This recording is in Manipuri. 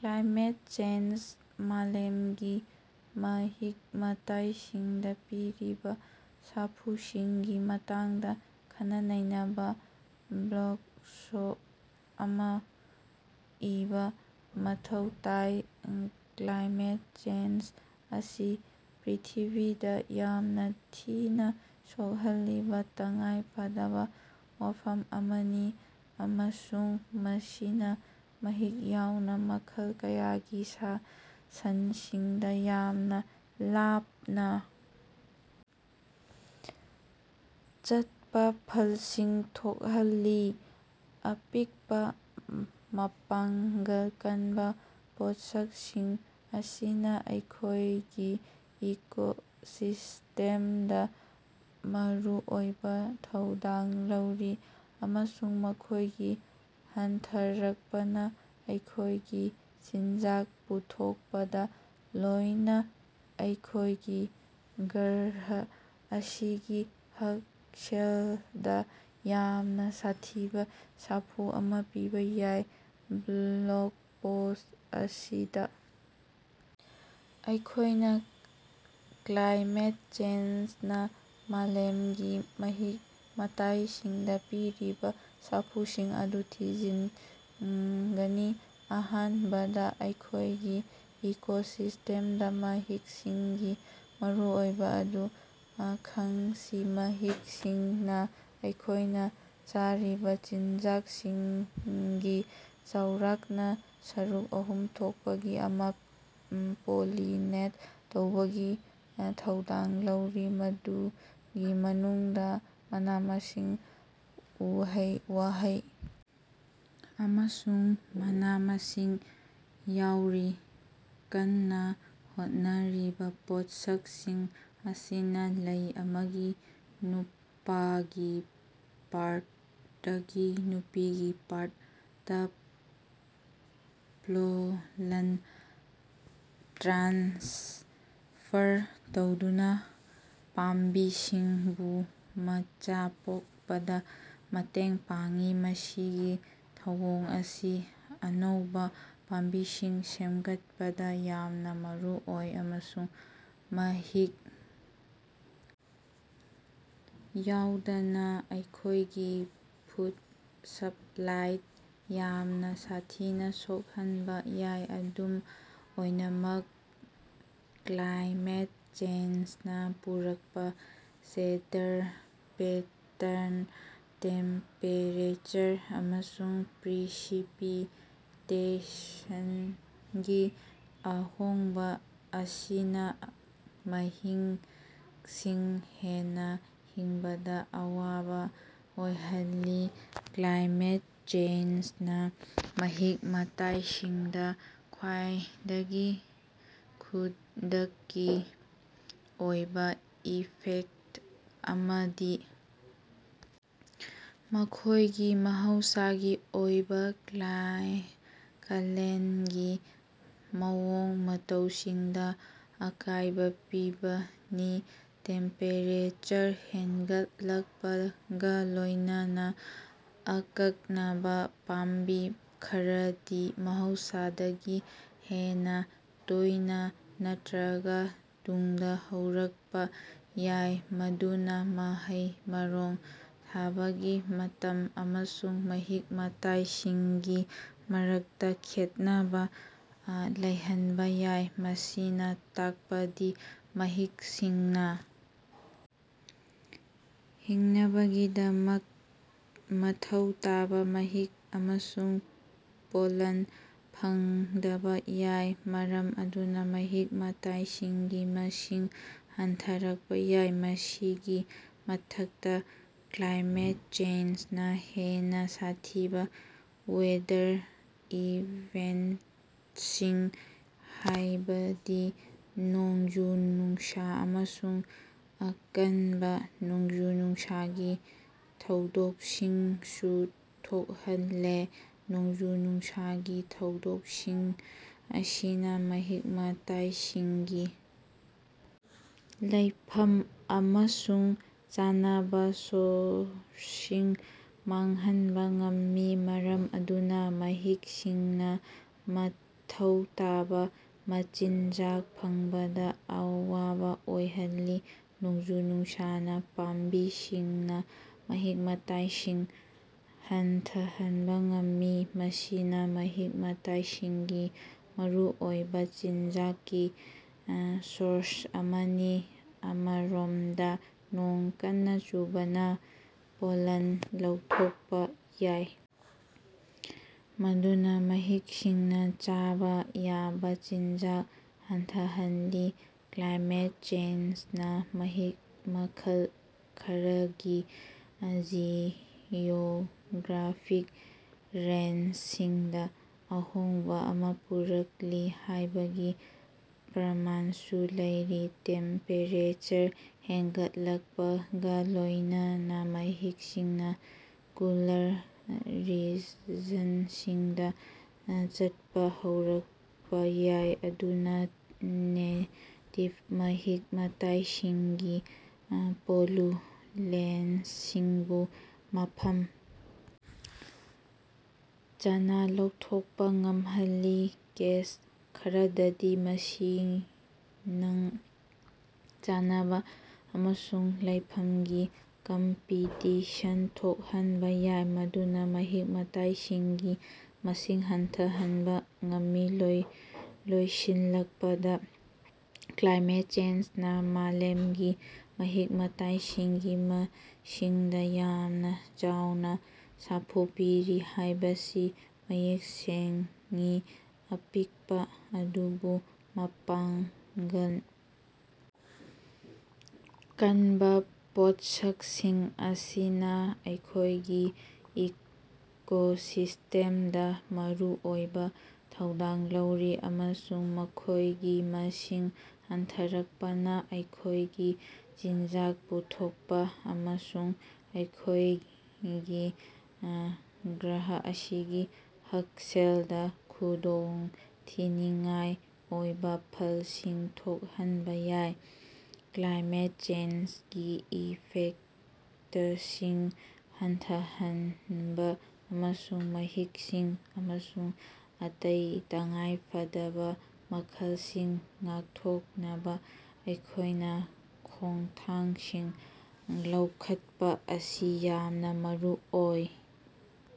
ꯀ꯭ꯂꯥꯏꯃꯦꯠ ꯆꯦꯟꯖ ꯃꯥꯂꯦꯝꯒꯤ ꯃꯍꯤꯛ-ꯃꯇꯥꯏꯁꯤꯡꯗ ꯄꯤꯔꯤꯕ ꯁꯥꯐꯨꯁꯤꯡꯒꯤ ꯃꯇꯥꯡꯗ ꯈꯟꯅ-ꯅꯩꯅꯕ ꯕ꯭ꯂꯣꯒ ꯄꯣꯁ ꯑꯃ ꯏꯕ ꯃꯊꯧ ꯇꯥꯏ꯫ ꯀ꯭ꯂꯥꯏꯃꯦꯠ ꯆꯦꯟꯖ ꯑꯁꯤ ꯄ꯭ꯔꯤꯊꯤꯕꯤꯗ ꯌꯥꯝꯅ ꯊꯤꯅ ꯁꯣꯛꯍꯜꯂꯤꯕ ꯇꯉꯥꯏꯐꯗꯕ ꯋꯥꯐꯝ ꯑꯃꯅꯤ, ꯑꯃꯁꯨꯡ ꯃꯁꯤꯅꯥ ꯃꯍꯤꯛ ꯌꯥꯎꯅ ꯃꯈꯜ ꯀꯌꯥꯒꯤ ꯁꯥ-ꯁꯟꯁꯤꯡꯗ ꯌꯥꯝꯅ ꯂꯥꯞꯅ ꯆꯠꯄ ꯐꯜꯁꯤꯡ ꯊꯣꯛꯍꯜꯂꯤ꯫ ꯑꯄꯤꯛꯄ ꯃꯄꯥꯡꯒꯜ ꯀꯟꯕ ꯄꯣꯠꯁꯛꯁꯤꯡ ꯑꯁꯤꯅꯥ ꯑꯩꯈꯣꯏꯒꯤ ꯏꯀꯣꯁꯤꯁꯇꯦꯝꯗꯥ ꯃꯔꯨꯑꯣꯏꯕ ꯊꯧꯗꯥꯡ ꯂꯧꯔꯤ, ꯑꯃꯁꯨꯡ ꯃꯈꯣꯏꯒꯤ ꯍꯟꯊꯔꯛꯄꯅ ꯑꯩꯈꯣꯏꯒꯤ ꯆꯤꯟꯖꯥꯛ ꯄꯨꯊꯣꯛꯄꯗ, ꯂꯣꯏꯅꯥ ꯑꯩꯈꯣꯏꯒꯤ ꯒ꯭ꯔꯍ ꯑꯁꯤꯒꯤ ꯍꯛꯁꯦꯜꯗ ꯌꯥꯝꯅ ꯁꯥꯊꯤꯕ ꯁꯥꯐꯨ ꯑꯃꯥ ꯄꯤꯕ ꯌꯥꯏ꯫ ꯕ꯭ꯂꯣꯒ ꯄꯣꯁ ꯑꯁꯤꯗ ꯑꯩꯈꯣꯏꯅ ꯀ꯭ꯂꯥꯏꯃꯦꯠ ꯆꯦꯟꯖꯅꯥ ꯃꯥꯂꯦꯝꯒꯤ ꯃꯍꯤꯛ-ꯃꯇꯥꯏꯁꯤꯡꯗ ꯄꯤꯔꯤꯕ ꯁꯥꯐꯨꯁꯤꯡ ꯑꯗꯨ ꯊꯤꯖꯤꯟꯒꯅꯤ꯫ ꯑꯍꯥꯟꯕꯗ ꯑꯩꯈꯣꯏꯒꯤ ꯏꯀꯣꯁꯤꯁꯇꯦꯝꯗ ꯃꯍꯤꯛꯁꯤꯡꯒꯤ ꯃꯔꯨꯑꯣꯏꯕꯥ ꯑꯗꯨ ꯈꯪꯁꯤ꯫ ꯃꯍꯤꯛꯁꯤꯡꯅ ꯑꯩꯈꯣꯏꯅ ꯆꯥꯔꯤꯕ ꯆꯤꯟꯖꯥꯛꯁꯤꯡꯒꯤ ꯆꯥꯎꯔꯥꯛꯅꯥ ꯁꯔꯨꯛ ꯑꯍꯨꯝ ꯊꯣꯛꯄꯒꯤ ꯑꯃꯥ ꯄꯣꯂꯤꯅꯦꯠ ꯇꯧꯕꯒꯤ ꯊꯧꯗꯥꯡ ꯂꯧꯔꯤ, ꯃꯗꯨꯒꯤ ꯃꯅꯨꯡꯗꯥ ꯃꯅꯥ-ꯃꯁꯤꯡ, ꯎꯍꯩ-ꯋꯥꯍꯩ ꯑꯃꯁꯨꯡ ꯃꯅꯥ-ꯃꯁꯤꯡ ꯌꯥꯎꯔꯤ꯫ ꯀꯟꯅ ꯍꯣꯠꯅꯔꯤꯕ ꯄꯣꯠꯁꯛꯁꯤꯡ ꯑꯁꯤꯅꯥ ꯂꯩ ꯑꯃꯒꯤ ꯅꯨꯄꯥꯒꯤ ꯄꯥꯔꯇ ꯇꯒꯤ ꯅꯨꯄꯤꯒꯤ ꯄꯥꯔꯇ ꯇ ꯄꯣꯂꯟ ꯇ꯭ꯔꯥꯟꯁꯐꯔ ꯇꯧꯗꯨꯅꯥ ꯄꯥꯝꯕꯤꯁꯤꯡꯕꯨ ꯃꯆꯥ ꯄꯣꯛꯄꯗ ꯃꯇꯦꯡ ꯄꯥꯡꯏ꯫ ꯃꯁꯤꯒꯤ ꯊꯧꯑꯣꯡ ꯑꯁꯤ ꯑꯅꯧꯕꯥ ꯄꯥꯝꯕꯤꯁꯤꯡ ꯁꯦꯝꯒꯠꯄꯗꯥ ꯌꯥꯝꯅ ꯃꯔꯨꯑꯣꯏ, ꯑꯃꯁꯨꯡ ꯃꯍꯤꯛ ꯌꯥꯎꯗꯅ ꯑꯩꯈꯣꯏꯒꯤ ꯐꯨꯗ ꯁꯞꯂꯥꯏꯗ ꯌꯥꯝꯅꯥ ꯁꯥꯊꯤꯅ ꯁꯣꯛꯍꯟꯕ ꯌꯥꯏ꯫ ꯑꯗꯨꯝ ꯑꯣꯏꯅꯃꯛ, ꯀ꯭ꯂꯥꯏꯃꯦꯠ ꯆꯦꯟꯖꯅꯥ ꯄꯨꯔꯛꯄ ꯋꯦꯗꯔ ꯄꯦꯇꯔꯟ, ꯇꯦꯝꯄꯦꯔꯦꯆꯔ ꯑꯃꯁꯨꯡ ꯄ꯭ꯔꯤꯁꯤꯄꯤꯇꯦꯁꯟꯒꯤ ꯑꯍꯣꯡꯕ ꯑꯁꯤꯅ ꯃꯍꯤꯛꯁꯤꯡ ꯍꯦꯟꯅ ꯍꯤꯡꯕꯗ ꯑꯋꯥꯕ ꯑꯣꯏꯍꯜꯂꯤ꯫ ꯀ꯭ꯂꯥꯏꯃꯦꯠ ꯆꯦꯟꯖꯅꯥ ꯃꯍꯤꯛ-ꯃꯇꯥꯏꯁꯤꯡꯗꯥ ꯈ꯭ꯋꯥꯏꯗꯒꯤ ꯈꯨꯗꯛꯀꯤ ꯑꯣꯏꯕ ꯏꯐꯦꯛꯇ ꯑꯃꯗꯤ ꯃꯈꯣꯏꯒꯤ ꯃꯍꯧꯁꯥꯒꯤ ꯑꯣꯏꯕꯥ ꯀ꯭ꯂꯥꯏ ꯀꯥꯂꯦꯟꯒꯤ ꯃꯑꯣꯡ-ꯃꯇꯧꯁꯤꯡꯗꯥ ꯑꯀꯥꯏꯕꯥ ꯄꯤꯕꯅꯤ꯫ ꯇꯦꯝꯄꯦꯔꯦꯆꯔ ꯍꯦꯟꯒꯠꯂꯛꯄꯒ ꯂꯣꯏꯅꯅ, ꯑꯀꯛꯅꯕꯥ ꯄꯥꯝꯕꯤ ꯈꯔꯗꯤ ꯃꯍꯧꯁꯥꯗꯒꯤ ꯍꯦꯟꯅꯥ ꯇꯣꯏꯅ ꯅꯠꯇ꯭ꯔꯒ ꯇꯨꯡꯗ ꯍꯧꯔꯛꯄꯥ ꯌꯥꯏ, ꯃꯗꯨꯅꯥ ꯃꯍꯩ-ꯃꯔꯣꯡ ꯊꯥꯕꯒꯤ ꯃꯇꯝ ꯑꯃꯁꯨꯡ ꯃꯍꯤꯛ-ꯃꯇꯥꯏꯁꯤꯡꯒꯤ ꯃꯔꯛꯇꯥ ꯈꯦꯠꯅꯕꯥ ꯂꯩꯍꯟꯕꯥ ꯌꯥꯏ꯫ ꯃꯁꯤꯅꯥ ꯇꯥꯛꯄꯗꯤ ꯃꯍꯤꯛꯁꯤꯡꯅ ꯍꯤꯡꯅꯕꯒꯤꯗꯃꯛ ꯃꯊꯧ ꯇꯥꯕ ꯃꯍꯤꯛ ꯑꯃꯁꯨꯡ ꯄꯣꯂꯟ ꯐꯪꯗꯕꯥ ꯌꯥꯏ, ꯃꯔꯝ ꯑꯗꯨꯅ ꯃꯍꯤꯛ-ꯃꯇꯥꯏꯁꯤꯡꯒꯤ ꯃꯁꯤꯡ ꯍꯟꯊꯔꯛꯄ ꯌꯥꯏ꯫ ꯃꯁꯤꯒꯤ ꯃꯊꯛꯇꯥ, ꯀ꯭ꯂꯥꯏꯃꯦꯠ ꯆꯦꯟꯖꯅꯥ ꯍꯦꯟꯅꯥ ꯁꯥꯊꯤꯕꯥ ꯋꯦꯗꯔ ꯏꯚꯦꯟꯇꯁꯤꯡ, ꯍꯥꯏꯕꯗꯤ ꯅꯣꯡꯖꯨ-ꯅꯨꯡꯁꯥ ꯑꯃꯁꯨꯡ ꯑꯀꯟꯕ ꯅꯣꯡꯖꯨ-ꯅꯨꯡꯁꯥꯒꯤ ꯊꯧꯗꯣꯛꯁꯤꯡꯁꯨ ꯊꯣꯛꯍꯜꯂꯦ꯫ ꯅꯣꯡꯖꯨ-ꯅꯨꯡꯁꯥꯒꯤ ꯊꯧꯗꯣꯛꯁꯤꯡ ꯑꯁꯤꯅꯥ ꯃꯍꯤꯛ-ꯃꯇꯥꯏꯁꯤꯡꯒꯤ ꯂꯩꯐꯝ ꯑꯃꯁꯨꯡ ꯆꯥꯅꯕ ꯁꯣꯔꯁꯁꯤꯡ ꯃꯥꯡꯍꯟꯕ ꯉꯝꯃꯤ, ꯃꯔꯝ ꯑꯗꯨꯅ ꯃꯍꯤꯛꯁꯤꯡꯅ ꯃꯊꯧ ꯇꯥꯕꯥ ꯃꯆꯤꯟꯖꯥꯛ ꯐꯪꯕꯗ ꯑꯋꯥꯕ ꯑꯣꯏꯍꯜꯂꯤ꯫ ꯅꯣꯡꯖꯨ-ꯅꯨꯡꯁꯥꯅꯥ ꯄꯥꯝꯕꯤꯁꯤꯡꯅꯥ ꯃꯍꯤꯛ-ꯃꯇꯥꯏꯁꯤꯡ ꯍꯟꯊꯍꯟꯕ ꯉꯝꯃꯤ, ꯃꯁꯤꯅꯥ ꯃꯍꯤꯛ-ꯃꯇꯥꯏꯁꯤꯡꯒꯤ ꯃꯔꯨꯑꯣꯏꯕꯥ ꯆꯤꯟꯖꯥꯛꯀꯤ ꯁꯣꯔꯁ ꯑꯃꯅꯤ꯫ ꯑꯃꯔꯣꯝꯗ, ꯅꯣꯡ ꯀꯟꯅ ꯆꯨꯕꯅ ꯄꯣꯂꯟ ꯂꯧꯊꯣꯛꯄꯥ ꯌꯥꯏ, ꯃꯗꯨꯅꯥ ꯃꯍꯤꯛꯁꯤꯡꯅ ꯆꯥꯕ ꯌꯥꯕ ꯆꯤꯟꯖꯥꯛ ꯍꯟꯊꯍꯜꯂꯤ꯫ ꯀ꯭ꯂꯥꯏꯃꯦꯠ ꯆꯦꯟꯖꯅꯥ ꯃꯍꯤꯛ ꯃꯈꯜ ꯈꯔꯒꯤ ꯖꯤꯑꯣꯒ꯭ꯔꯥꯐꯤꯛ ꯔꯦꯟꯖꯁꯤꯡꯗ ꯑꯍꯣꯡꯕ ꯑꯃ ꯄꯨꯔꯛꯂꯤ ꯍꯥꯏꯕꯒꯤ ꯄ꯭ꯔꯃꯥꯟꯁꯨ ꯂꯩꯔꯤ꯫ ꯇꯦꯝꯄꯦꯔꯦꯆꯔ ꯍꯦꯟꯒꯠꯂꯛꯄꯒꯥ ꯂꯣꯏꯅꯅ ꯃꯍꯤꯛꯁꯤꯡꯅ ꯀꯨꯂꯔ ꯔꯤꯖꯟꯁꯤꯡꯗ ꯆꯠꯄ ꯍꯧꯔꯛꯄ ꯌꯥꯏ, ꯃꯗꯨꯅ ꯅꯦꯇꯤꯚ ꯃꯍꯤꯛ-ꯃꯇꯥꯏꯁꯤꯡꯒꯤ ꯄꯣꯄꯨꯂꯦꯁꯟꯁꯤꯡꯕꯨ ꯃꯐꯝ ꯆꯥꯅꯥ ꯂꯧꯊꯣꯛꯄꯥ ꯉꯝꯍꯜꯂꯤ꯫ ꯀꯦꯁ ꯈꯔꯗꯗꯤ ꯃꯁꯤꯅꯥꯡ ꯆꯥꯅꯕ ꯑꯃꯁꯨꯡ ꯂꯩꯐꯝꯒꯤ ꯀꯝꯄꯤꯇꯤꯁꯟ ꯊꯣꯛꯍꯟꯕ ꯌꯥꯏ, ꯃꯗꯨꯅ ꯃꯍꯤꯛ-ꯃꯇꯥꯏꯁꯤꯡꯒꯤ ꯃꯁꯤꯡ ꯍꯟꯊꯍꯟꯕ ꯉꯝꯃꯤ꯫ ꯂꯣꯏꯁꯤꯜꯂꯛꯄꯗ, ꯀ꯭ꯂꯥꯏꯃꯦꯠ ꯆꯦꯟꯖꯅꯥ ꯃꯥꯂꯦꯝꯒꯤ ꯃꯍꯤꯛ-ꯃꯇꯥꯏꯁꯤꯡꯒꯤ ꯃꯁꯤꯡꯗꯥ ꯌꯥꯝꯅꯥ ꯆꯥꯎꯅꯥ ꯁꯥꯐꯨ ꯄꯤꯔꯤ ꯍꯥꯏꯕꯁꯤ ꯃꯌꯦꯛ ꯁꯦꯡꯏ꯫ ꯑꯄꯤꯛꯄꯥ ꯑꯗꯨꯕꯨ ꯃꯄꯥꯡꯒꯜ ꯀꯟꯕ ꯄꯣꯠꯁꯛꯁꯤꯡ ꯑꯁꯤꯅꯥ ꯑꯩꯈꯣꯏꯒꯤ ꯏꯀꯣꯁꯤꯁ꯭ꯇꯦꯝꯗ ꯃꯔꯨꯑꯣꯏꯕ ꯊꯧꯗꯥꯡ ꯂꯧꯔꯤ, ꯑꯃꯁꯨꯡ ꯃꯈꯣꯏꯒꯤ ꯃꯁꯤꯡ ꯍꯟꯊꯔꯛꯄꯅ ꯑꯩꯈꯣꯏꯒꯤ ꯆꯤꯟꯖꯥꯛ ꯄꯨꯊꯣꯛꯄ ꯑꯃꯁꯨꯡ ꯑꯩꯈꯣꯏꯒꯤ ꯒ꯭ꯔꯍ ꯑꯁꯤꯒꯤ ꯍꯛꯁꯦꯜꯗ ꯈꯨꯗꯣꯡꯊꯤꯅꯤꯡꯉꯥꯏ ꯑꯣꯏꯕꯥ ꯐꯜꯁꯤꯡ ꯊꯣꯛꯍꯟꯕ ꯌꯥꯏ꯫ ꯀ꯭ꯂꯥꯏꯃꯦꯠ ꯆꯦꯟꯖꯒꯤ ꯏꯐꯦꯛꯇꯁꯤꯡ ꯍꯟꯊꯍꯟꯅꯕꯥ ꯑꯃꯁꯨꯡ ꯃꯍꯤꯛꯁꯤꯡ ꯑꯃꯁꯨꯡ ꯑꯇꯩ ꯇꯉꯥꯏꯐꯗꯕꯥ ꯃꯈꯜꯁꯤꯡ ꯉꯥꯛꯊꯣꯛꯅꯕ ꯑꯩꯈꯣꯏꯅ ꯈꯣꯡꯊꯥꯡꯁꯤꯡ ꯂꯧꯈꯠꯄꯥ ꯑꯁꯤ ꯌꯥꯝꯅꯥ ꯃꯔꯨꯑꯣꯏ꯫